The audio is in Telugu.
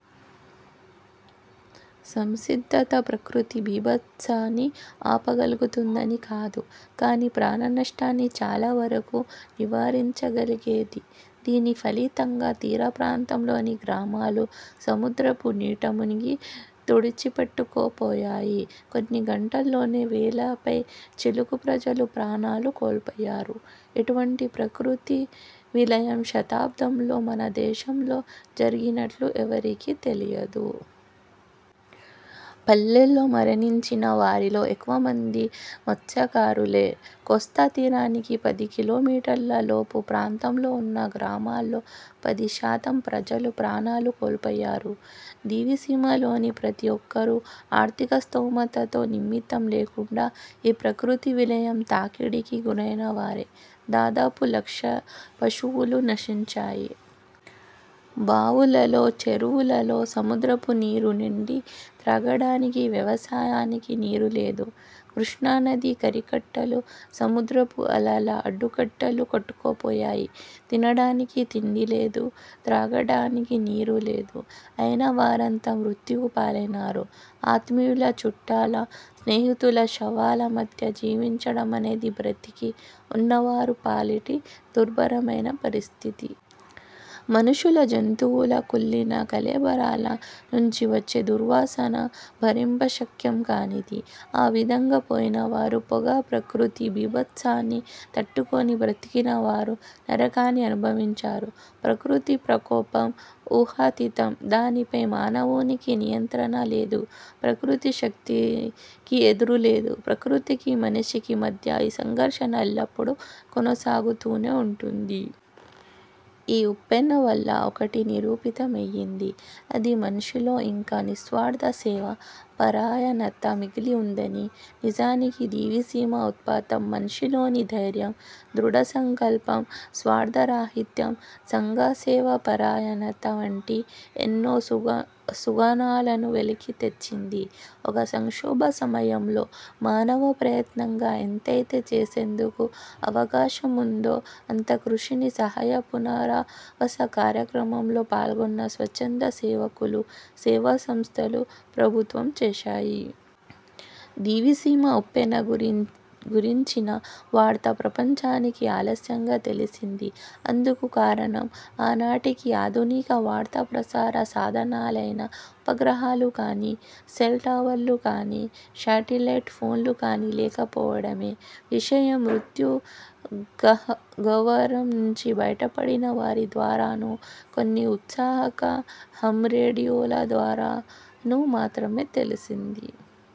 సంసిద్ధత ప్రకృతి భీభత్సాన్ని ఆపగలుగుతుందని కాదు, కానీ ప్రాణనష్టాన్ని చాలా వరకూ నివారించగలిగేది. దీని ఫలితంగా తీర ప్రాంతంలోని గ్రామాలు సముద్రపు నీటమునిగి తుడిచిపెట్టుకుపోయాయి. కొన్ని గంటల్లోనే వేల పైచిలుకు ప్రజలు ప్రాణాలు కోల్పోయారు. ఇటువంటి ప్రకృతి విలయం శతాబ్దంలో మనదేశంలో జరిగినట్లు ఎవరికీ తెలియదు. పల్లెల్లో మరణించిన వారిలో ఎక్కువ మంది మత్స్యకారులే. కోస్తాతీరానికి పది కిలోమీటర్ల లోపు ప్రాంతంలో ఉన్న గ్రామాల్లో పది శాతం ప్రజలు ప్రాణాలు కోల్పోయారు. దివిసీమలోని ప్రతి ఒక్కరూ, ఆర్థిక స్తోమతతో నిమిత్తం లేకుండా, ఈ ప్రకృతి విలయం తాకిడికి గురైనవారే. దాదాపు లక్ష పశువులు నశించాయి. బావులలో, చెరువులలో సముద్రపు నీరు నిండి, త్రాగటానికి, వ్యవసాయానికి నీరులేదు. కృష్ణానది కరకట్టలు, సముద్రపు అలల అడ్డుకట్టలు కొట్టుకుపోయాయి. తినడానికి తిండి లేదు. త్రాగటానికి నీరు లేదు. అయినవారంతా మృత్యువు పాలైనారు. ఆత్మీయుల, చుట్టాల, స్నేహితుల శవాల మధ్య జీవించడమన్నది బ్రతికి ఉన్నవారి పాలిటి దుర్భరమైన పరిస్థితి. మనుషుల, జంతువుల కుళ్ళిన కళేబరాల నుంచి వచ్చే దుర్వాసన భరింపశక్యం కానిది. ఆ విధంగా పోయినవారు పోగా ప్రకృతి భీభత్సాన్ని తట్టుకుని బ్రతికిన వారు నరకాన్ని అనుభవించారు. ప్రకృతి ప్రకోపం ఊహాతీతం. దానిపై మానవునికి నియంత్రణ లేదు. ప్రకృతి శక్తికి ఎదురులేదు. ప్రకృతికి – మనిషికి మధ్య ఈ సంఘర్షణ ఎల్లప్పుడూ కొనసాగుతూనే ఉంటుంది. ఈ ఉప్పెన వల్ల ఒకటి నిరూపితమైంది. అది – మనిషిలో ఇంకా నిస్వార్థ సేవా పరాయణత మిగిలి ఉందని. నిజానికి దివిసీమ ఉత్పాతం మనిషిలోని ధైర్యం, దృఢసంకల్పం, స్వార్థ రాహిత్యం, సంఘసేవాపరాయణత వంటి ఎన్నో సుగుణాలను వెలికి తెచ్చింది. ఒక సంక్షోభ సమయంలో మానవ ప్రయత్నంగా ఎంతైతే చేసేందుకు అవకాశముందో, అంత కృషిని సహాయ పునరావాస కార్యక్రమంలో పాల్గొన్న స్వచ్ఛంద సేవకులు, సేవా సంస్థలు, ప్రభుత్వం చేశాయి. దివిసీమ ఉప్పెన గురించిన వార్త ప్రపంచానికి ఆలస్యంగా తెలిసింది. అందుకు కారణం ఆనాటికి ఆధునిక వార్తా ప్రసార సాధనాలైన ఉపగ్రహాలు కానీ, సెల్ టవర్లు కానీ, శాటిలైట్ ఫోన్లు కానీ లేకపోవడమే. విషయం, మృత్యు గహ్వరం నుంచి బయటపడిన వారి ద్వారానూ, కొన్ని ఔత్సాహిక హామ్ రేడియోల ద్వారానూ మాత్రమే తెలిసింది.